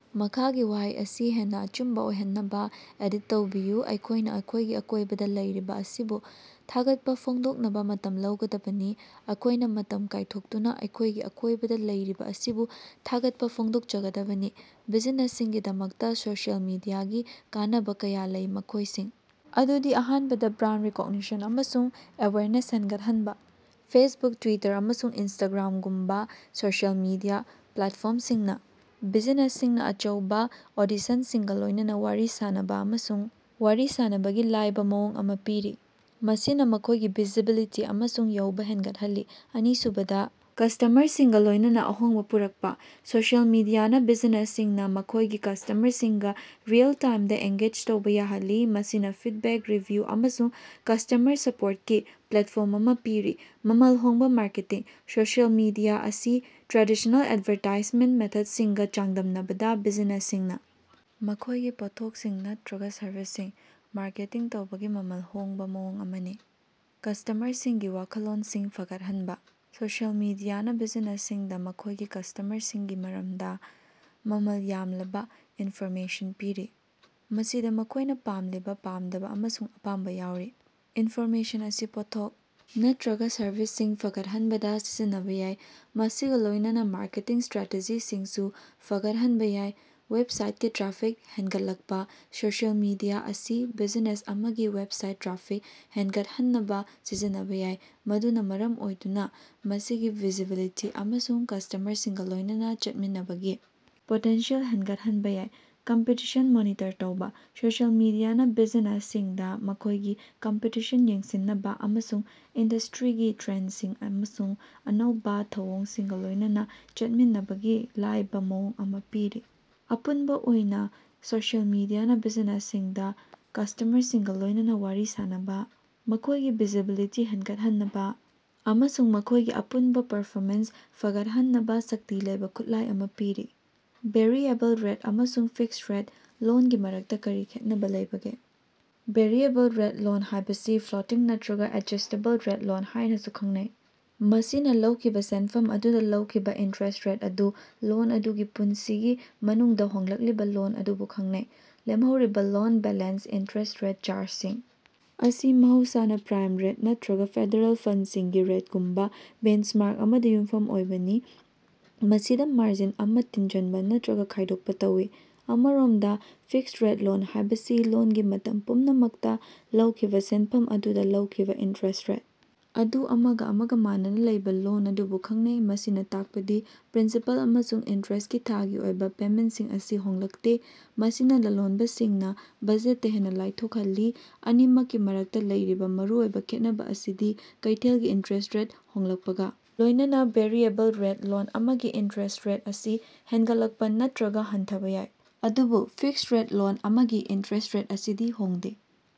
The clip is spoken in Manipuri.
ꯃꯈꯥꯒꯤ ꯋꯥꯍꯩ ꯑꯁꯤ ꯍꯦꯟꯅ ꯑꯆꯨꯝꯕ ꯑꯣꯏꯍꯟꯅꯕ ꯑꯦꯗꯤꯠ ꯇꯧꯕꯤꯌꯨ꯫ ꯑꯩꯈꯣꯏꯅ ꯑꯩꯈꯣꯏꯒꯤ ꯑꯀꯣꯏꯕꯗ ꯂꯩꯔꯤꯕ ꯑꯁꯤꯕꯨ ꯊꯥꯒꯠꯄ ꯐꯣꯡꯗꯣꯛꯅꯕ ꯃꯇꯝ ꯂꯧꯒꯗꯕꯅꯤ꯫ ꯑꯩꯈꯣꯏꯅ ꯃꯇꯝ ꯀꯥꯏꯊꯣꯛꯇꯨꯅ ꯑꯩꯈꯣꯏꯒꯤ ꯑꯀꯣꯏꯕꯗ ꯂꯩꯔꯤꯕ ꯑꯁꯤꯕꯨ ꯊꯥꯒꯠꯄ ꯐꯣꯡꯗꯣꯛꯆꯒꯗꯕꯅꯤ꯫ ꯕꯤꯖꯤꯅꯦꯁꯁꯤꯡꯒꯤꯗꯃꯛꯇ ꯁꯣꯁꯤꯑꯦꯜ ꯃꯤꯗꯤꯌꯥꯒꯤ ꯀꯥꯟꯅꯕ ꯀꯌꯥ ꯂꯩ, ꯃꯈꯣꯏꯁꯤꯡ ꯑꯗꯨꯗꯤ: ꯑꯍꯥꯟꯕꯗ, ꯕ꯭ꯔꯥꯟꯗ ꯔꯤꯀ꯭ꯣꯒꯅꯤꯁꯟ ꯑꯃꯁꯨꯡ ꯑꯦꯋꯦꯌ꯭ꯔꯅꯦꯁ ꯍꯦꯟꯒꯠꯍꯟꯕ: ꯐꯦꯁꯕꯨꯛ, ꯇ꯭ꯋꯤꯇꯔ, ꯑꯃꯁꯨꯡ ꯏꯟꯁꯇꯥꯒ꯭ꯔꯥꯝꯒꯨꯝꯕ ꯁꯣꯁꯤꯑꯦꯜ ꯃꯤꯗꯤꯌꯥ ꯄ꯭ꯂꯦꯠꯐ꯭ꯣꯔꯝꯁꯤꯡꯅ ꯕꯤꯖꯤꯅꯦꯁꯁꯤꯡꯅ ꯑꯆꯧꯕꯥ ꯑꯣꯗꯤꯁꯟꯁꯤꯡꯒ ꯂꯣꯏꯅꯅ ꯋꯥꯔꯤ ꯁꯥꯅꯕ ꯑꯃꯁꯨꯡ ꯋꯥꯔꯤ ꯁꯥꯅꯕꯒꯤ ꯂꯥꯏꯕ ꯃꯑꯣꯡ ꯑꯃꯥ ꯄꯤꯔꯤ, ꯃꯁꯤꯅ ꯃꯈꯣꯏꯒꯤ ꯚꯤꯖꯤꯕꯤꯂꯤꯇꯤ ꯑꯃꯁꯨꯡ ꯌꯧꯕ ꯍꯦꯡꯒꯠꯍꯜꯂꯤ꯫ ꯑꯅꯤꯁꯨꯕꯗ, ꯀ꯭ꯁꯇꯃ꯭ꯔꯁꯤꯡꯒ ꯂꯣꯏꯅꯅ ꯑꯍꯣꯡꯕ ꯄꯨꯔꯛꯄ: ꯁꯣꯁꯤꯑꯦꯜ ꯃꯤꯗꯤꯌꯥꯅ ꯕꯤꯖꯤꯅꯦꯁꯁꯤꯡꯅ ꯃꯈꯣꯏꯒꯤ ꯀ꯭ꯁꯇꯃ꯭ꯔꯁꯤꯡꯒ ꯔꯤꯑꯦꯜ-ꯇꯥꯏꯝꯗ ꯑꯦꯡꯒꯦꯖ ꯇꯧꯕꯥ ꯌꯥꯍꯜꯂꯤ, ꯃꯁꯤꯅ ꯐꯤꯗꯕꯦꯛ, ꯔꯤꯚ꯭ꯌꯨ ꯑꯃꯁꯨꯡ ꯀ꯭ꯁꯇꯃ꯭ꯔ ꯁꯄꯣꯔꯠꯀꯤ ꯄ꯭ꯂꯦꯠꯐ꯭ꯣꯔꯝ ꯑꯃꯥ ꯄꯤꯔꯤ꯫ ꯃꯃꯜ ꯍꯣꯡꯕ ꯃꯥꯔꯀꯦꯇꯤꯡ: ꯁꯣꯁꯤꯑꯦꯜ ꯃꯤꯗꯤꯌꯥ ꯑꯁꯤ ꯇ꯭ꯔꯦꯗꯤꯁꯅꯦꯜ ꯑꯦꯗꯚꯥꯔꯇꯥꯏꯖꯃꯦꯟꯠ ꯃꯦꯊꯠꯁꯤꯡꯒ ꯆꯥꯡꯗꯝꯅꯕꯗ, ꯕꯤꯖꯤꯅꯦꯁꯁꯤꯡꯅ ꯃꯈꯣꯏꯒꯤ ꯄꯣꯠꯊꯣꯛꯁꯤꯡ ꯅꯠꯇꯔꯒ ꯁꯔꯚꯤꯁꯁꯤꯡ ꯃꯥꯔꯀꯦꯇꯤꯡ ꯇꯧꯕꯒꯤ ꯃꯃꯜ ꯍꯣꯡꯕꯥ ꯃꯑꯣꯡ ꯑꯃꯅꯤ꯫ ꯀ꯭ꯁꯇꯃ꯭ꯔꯁꯤꯡꯒꯤ ꯋꯥꯈꯜꯂꯣꯟꯁꯤꯡ ꯐꯒꯠꯍꯟꯕ: ꯁꯣꯁꯤꯑꯦꯜ ꯃꯤꯗꯤꯌꯥꯅ ꯕꯤꯖꯤꯅꯦꯁꯁꯤꯡꯗ ꯃꯈꯣꯏꯒꯤ ꯀ꯭ꯁꯇꯃ꯭ꯔꯁꯤꯡꯒꯤ ꯃꯔꯝꯗ ꯃꯃꯜ ꯌꯥꯝꯂꯕ ꯏꯅꯐꯣꯔꯃꯦꯁꯟ ꯄꯤꯔꯤ, ꯃꯁꯤꯗ ꯃꯈꯣꯏꯅ ꯄꯥꯝꯂꯤꯕ, ꯄꯥꯝꯗꯕ ꯑꯃꯁꯨꯡ ꯑꯄꯥꯝꯕ ꯌꯥꯎꯔꯤ꯫ ꯏꯟꯐꯣꯔꯃꯦꯁꯟ ꯑꯁꯤ ꯄꯣꯠꯊꯣꯛ ꯅꯠꯇꯔꯒ ꯁꯔꯚꯤꯁꯁꯤꯡ ꯐꯒꯠꯍꯟꯕꯗ ꯁꯤꯖꯤꯟꯅꯕ ꯌꯥꯏ, ꯃꯁꯤꯒ ꯂꯣꯏꯅꯅ ꯃꯥꯔꯀꯦꯇꯤꯡ ꯁ꯭ꯇꯔꯥꯇꯦꯖꯤꯁꯤꯡꯁꯨ ꯐꯒꯠꯍꯟꯕ ꯌꯥꯏ꯫ ꯋꯦꯕꯁꯥꯏꯠꯀꯤ ꯇ꯭ꯔꯥꯐꯤꯛ ꯍꯦꯡꯒꯠꯂꯛꯄꯥ: ꯁꯣꯁꯤꯑꯦꯜ ꯃꯤꯗꯤꯌꯥ ꯑꯁꯤ ꯕꯤꯖꯤꯅꯦꯁ ꯑꯃꯒꯤ ꯋꯦꯕꯁꯥꯏꯠꯇ ꯇ꯭ꯔꯥꯐꯤꯛ ꯍꯦꯡꯒꯠꯍꯟꯅꯕ ꯁꯤꯖꯤꯟꯅꯕ ꯌꯥꯏ, ꯃꯗꯨꯅ ꯃꯔꯝ ꯑꯣꯏꯗꯨꯅ ꯃꯁꯤꯒꯤ ꯚꯤꯖꯤꯕꯤꯂꯤꯇꯤ ꯑꯃꯁꯨꯡ ꯀ꯭ꯁꯇꯃ꯭ꯔꯁꯤꯡꯒ ꯂꯣꯏꯅꯅ ꯆꯠꯃꯤꯟꯅꯕꯒꯤ ꯄꯣꯇꯦꯟꯁꯤꯑꯦꯜ ꯍꯦꯡꯒꯠꯍꯟꯕ ꯌꯥꯏ꯫ ꯀꯝꯄꯤꯇꯤꯁꯟ ꯃꯣꯅꯤꯇꯔ ꯇꯧꯕ: ꯁꯣꯁꯤꯑꯦꯜ ꯃꯤꯗꯤꯌꯥꯅ ꯕꯤꯖꯤꯅꯦꯁꯁꯤꯡꯗ ꯃꯈꯣꯏꯒꯤ ꯀꯝꯄꯤꯇꯤꯁꯟ ꯌꯦꯡꯁꯤꯟꯅꯕ ꯑꯃꯁꯨꯡ ꯏꯟꯗꯁ꯭ꯇꯔꯤꯒꯤ ꯇ꯭ꯔꯦꯟꯁꯤꯡ ꯑꯃꯁꯨꯡ ꯑꯅꯧꯕ ꯊꯧꯑꯣꯡꯁꯤꯡꯒ ꯂꯣꯏꯅꯅ ꯆꯠꯃꯤꯟꯅꯕꯒꯤ ꯂꯥꯏꯕ ꯃꯑꯣꯡ ꯑꯃ ꯄꯤꯔꯤ꯫ ꯑꯄꯨꯟꯕ ꯑꯣꯏꯅ ꯁꯣꯁꯤꯑꯦꯜ ꯃꯤꯗꯤꯌꯥꯅ ꯕꯤꯖꯤꯅꯦꯁꯁꯤꯡꯗ ꯀ꯭ꯁꯇꯃ꯭ꯔꯁꯤꯡꯒ ꯂꯣꯏꯅꯅ ꯋꯥꯔꯤ ꯁꯥꯅꯕ, ꯃꯈꯣꯏꯒꯤ ꯚꯤꯖꯤꯕꯤꯂꯤꯇꯤ ꯍꯦꯡꯒꯠꯍꯟꯅꯕ ꯑꯃꯁꯨꯡ ꯃꯈꯣꯏꯒꯤ ꯑꯄꯨꯟꯕ ꯄꯔꯐꯣꯃꯦꯟꯁ ꯐꯒꯠꯍꯟꯅꯕ ꯁꯛꯇꯤ ꯂꯩꯕ ꯈꯨꯠꯂꯥꯏ ꯑꯃ ꯄꯤꯔꯤ꯫ ꯚꯦꯔꯤꯑꯦꯕꯜ ꯔꯦꯠ ꯑꯃꯁꯨꯡ ꯐꯤꯛꯁ ꯔꯦꯠ ꯂꯣꯟꯒꯤ ꯃꯔꯛꯇ ꯀꯔꯤ ꯈꯦꯠꯅꯕ ꯂꯩꯕꯒꯦ? ꯚꯦꯔꯤꯑꯦꯕꯜ ꯔꯦꯠ ꯂꯣꯟ ꯍꯥꯏꯕꯁꯤ ꯐ꯭ꯂꯣꯇꯤꯡ ꯅꯠꯇꯔꯒ ꯑꯦꯗꯖ꯭ꯁꯇꯦꯕꯜ ꯔꯦꯠ ꯂꯣꯟ ꯍꯥꯏꯅꯁꯨ ꯈꯪꯅꯩ, ꯃꯁꯤꯅ ꯂꯧꯈꯤꯕ ꯁꯦꯟꯐꯝ ꯑꯗꯨꯗ ꯂꯧꯈꯤꯕ ꯏꯟꯇꯔꯦꯁ꯭ꯠ ꯔꯦꯠ ꯑꯗꯨ ꯂꯣꯟ ꯑꯗꯨꯒꯤ ꯄꯨꯟꯁꯤꯒꯤ ꯃꯅꯨꯡꯗ ꯍꯣꯡꯂꯛꯂꯤꯕ ꯂꯣꯟ ꯑꯗꯨꯕꯨ ꯈꯪꯅꯩ꯫ ꯂꯦꯝꯍꯧꯔꯤꯕ ꯂꯣꯟ ꯕꯦꯂꯦꯟꯁꯇ ꯏꯟꯇꯔꯦꯁ꯭ꯠ ꯔꯦꯠ ꯆꯥ꯭ꯔꯖꯁꯤꯡ ꯑꯁꯤ ꯃꯍꯧꯁꯥꯅ ꯄ꯭ꯔꯥꯏꯝ ꯔꯦꯠ ꯅꯠꯇꯔꯒ ꯐꯦꯗꯔꯦꯜ ꯐꯟꯗꯁꯤꯡꯒꯤ ꯔꯦꯠꯒꯨꯝꯕ ꯕꯦꯟꯆꯃꯥ꯭ꯔꯛ ꯑꯃꯗ ꯌꯨꯝꯐꯝ ꯑꯣꯏꯕꯅꯤ, ꯃꯁꯤꯗ ꯃꯥꯔꯖꯤꯟ ꯑꯃ ꯇꯤꯟꯖꯟꯕ ꯅꯠꯇꯔꯒ ꯈꯥꯏꯗꯣꯛꯄ ꯇꯧꯏ꯫ ꯑꯃꯔꯣꯝꯗ, ꯐꯤꯛꯁ ꯔꯦꯠ ꯂꯣꯟ ꯍꯥꯏꯕꯁꯤ ꯂꯣꯟꯒꯤ ꯃꯇꯝ ꯄꯨꯝꯅꯃꯛꯇ ꯂꯧꯈꯤꯕ ꯁꯦꯟꯐꯝ ꯑꯗꯨꯗ ꯂꯧꯈꯤꯕ ꯏꯟꯇꯔꯦꯁ꯭ꯠ ꯔꯦꯠ ꯑꯗꯨ ꯑꯃꯒ ꯑꯃꯒ ꯃꯥꯟꯅꯅ ꯂꯩꯕ ꯂꯣꯟ ꯑꯗꯨꯕꯨ ꯈꯪꯅꯩ꯫ ꯃꯁꯤꯅ ꯇꯥꯛꯄꯗꯤ ꯄ꯭ꯔꯤꯟꯁꯤꯄꯥꯜ ꯑꯃꯁꯨꯡ ꯏꯟꯇꯔꯦꯁ꯭ꯠꯀꯤ ꯊꯥꯒꯤ ꯑꯣꯏꯕ ꯄꯦꯃꯦꯟꯠꯁꯤꯡ ꯑꯁꯤ ꯍꯣꯡꯂꯛꯇꯦ, ꯃꯁꯤꯅ ꯂꯂꯣꯟꯕꯁꯤꯡꯅ ꯕꯖꯦꯠꯇ ꯍꯦꯟꯅ ꯂꯥꯏꯊꯣꯛꯍꯜꯂꯤ꯫ ꯑꯅꯤꯃꯛꯀꯤ ꯃꯔꯛꯇ ꯂꯩꯔꯤꯕ ꯃꯔꯨꯑꯣꯏꯕ ꯈꯦꯠꯅꯕ ꯑꯁꯤꯗꯤ ꯀꯩꯊꯦꯜꯒꯤ ꯏꯟꯇꯔꯦꯁ꯭ꯠ ꯔꯦꯠ ꯍꯣꯡꯂꯛꯄꯒꯥ ꯂꯣꯏꯅꯅꯥ ꯚꯦꯔꯤꯑꯦꯕꯜ ꯔꯦꯠ ꯂꯣꯟ ꯑꯃꯒꯤ ꯏꯟꯇꯔꯦꯁ꯭ꯠ ꯔꯦꯠ ꯑꯁꯤ ꯍꯦꯡꯒꯠꯂꯛꯄ ꯅꯠꯇꯔꯒ ꯍꯟꯊꯕ ꯌꯥꯏ ꯑꯗꯨꯕꯨ ꯐꯤꯛꯁ ꯔꯦꯠ ꯂꯣꯟ ꯑꯃꯒꯤ ꯏꯟꯇꯔꯦꯁ꯭ꯠ ꯔꯦꯠ ꯑꯁꯤꯗꯤ ꯍꯣꯡꯗꯦ꯫